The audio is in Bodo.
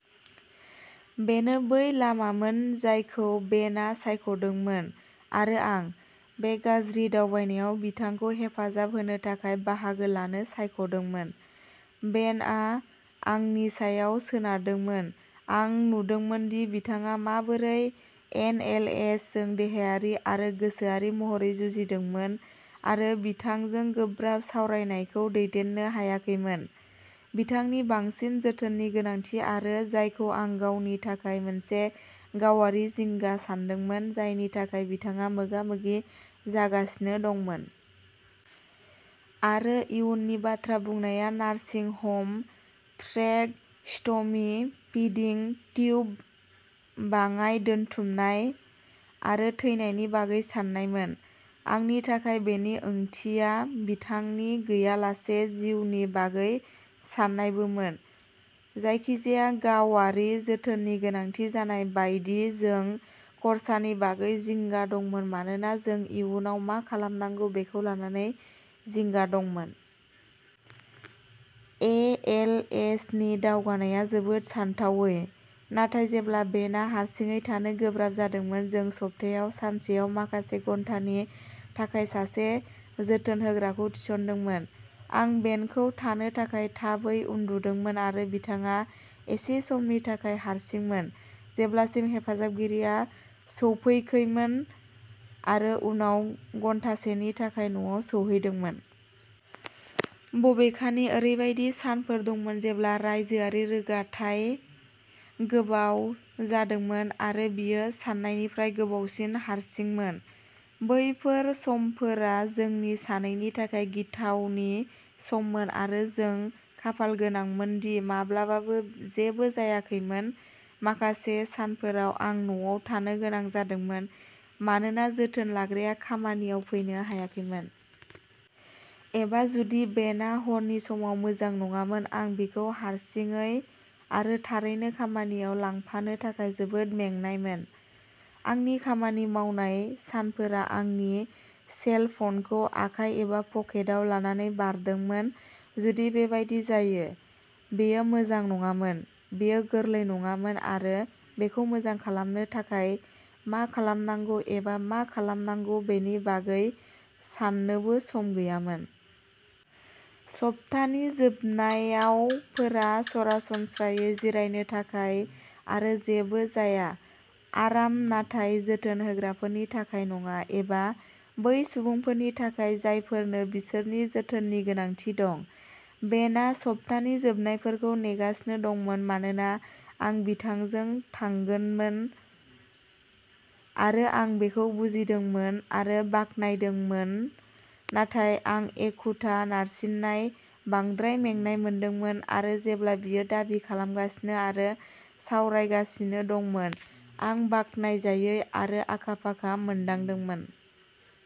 बेनो बै लामामोन जायखौ बेनआ सायख'दोंमोन आरो आं। बे गाज्रि दावबायनायाव बिथांखौ हेफाजाब होनो थाखाय बाहागो लानो सायख'दोंमोन। बेनआ आंनि सायाव सोनारदोंमोन। आं नुदोंमोनदि बिथाङा माबोरै ए. एल. एस. जों देहायारि आरो गोसोआरि महरै जुजिदोंमोन आरो बिथांजों गोब्राब सावरायनायखौ दैदेननो हायाखैमोन, बिथांनि बांसिन जोथोननि गोनांथि आरो जायखौ आं गावनि थाखाय मोनसे गावआरि जिंगा सान्दोंमोन, जायनि थाखाय बिथाङा मोगा-मोगि जागासिनो दंमोन। आरो, इयुननि बाथ्रा बुंनाया nursing home, tracheostomy, feeding tube, बाङाइ दोनथुमनाय आरो थैनायनि बागै सान्नायमोन। आंनि थाखाय, बेनि ओंथिया बिथांनि गैयालासे जिउनि बागै सान्नायबोमोन। जायखिजाया गावारि जोथोननि गोनांथि जानाय बायदि, जों खरसानि बागै जिंगा दंमोन मानोना जों इयुनाव मा खालामनांगौ बेखौ लानानै जिंगा दंमोन। ए. एल. एस. नि दावगानायआ जोबोद सानथावै। नाथाय, जेब्ला बेनआ हारसिङै थानो गोब्राब जादोंमोन, जों सप्तायाव सानसेयाव माखासे घन्टानि थाखाय सासे जोथोनहोग्राखौ थिसनदोंमोन। आं बेनखौ थानो थाखाय थाबै उन्दुदोंमोन आरो बिथाङा एसे समनि थाखाय हारसिंमोन जेब्लासिम हेफाजाबगिरिया सौफैाखैमोन आरो उनाव घन्टासेनि थाखाय न'आव सौहैदोंमोन। बबेखानि, ओरैबायदि सानफोर दंमोन जेब्ला रायजोआरि रोगाथाइआ गोबाव जादोंमोन आरो बियो सान्नायनिफ्राय गोबावसिन हारसिंमोन। बैफोर समफोरा जोंनि सानैनि थाखाय गिथावनि सममोन, आरो जों खाफालगोनांमोन दि माब्लाबाबो जेबो जायाखैमोन। माखासे सानफोराव आं न'आव थानो गोनां जादोंमोन मानोना जोथोन लाग्राया खामानियाव फैनो हायाखैमोन। एबा, जुदि बेनआ हरनि समाव मोजां नङामोन, आं बिखौ हारसिङै आरो थारैनो, खामानियाव लांफानो थाखाय जोबोद मेंनायमोन। आंनि खामानि मावनाय सानफोरा आंनि सेल फ'नखौ आखाइ एबा पकेटआव लानानै बारदोंमोन, जुदि बेबादि जायो। बेयो मोजां नङामोन, बेयो गोरलै नङामोन, आरो बेखौ मोजां खालामनो थाखाय मा खालामनांगौ एबा मा खालामनांगौ बेनि बागै साननोबो सम गैयामोन। सप्तानि जोबनायावफोरा सरासनस्रायै जिरायनो थाखाय आरो जेबो जाया। आराम, नाथाय जोथोन होग्राफोरनि थाखाय नङा, एबा बै सुबुंफोरनि थाखाय जायफोरनो बिसोरनि जोथोननि गोनांथि दं। बेनआ सप्तानि जोबनायफोरखौ नेगासिनो दंमोन मानोना आं बिथांजों थागोनमोन, आरो आं बेखौ बुजिदोंमोन आरो बाख्नायदोंमोन, नाथाय आं एखुथा, नारसिननाय, बांद्राय मेंनाय मोनदोंमोन, आरो जेब्ला बियो दाबि खालामगासिनो आरो सावरायगासिनो दंमोन, आं बाखनायजायै आरो आखा-फाखा मोनदांदोंमोन।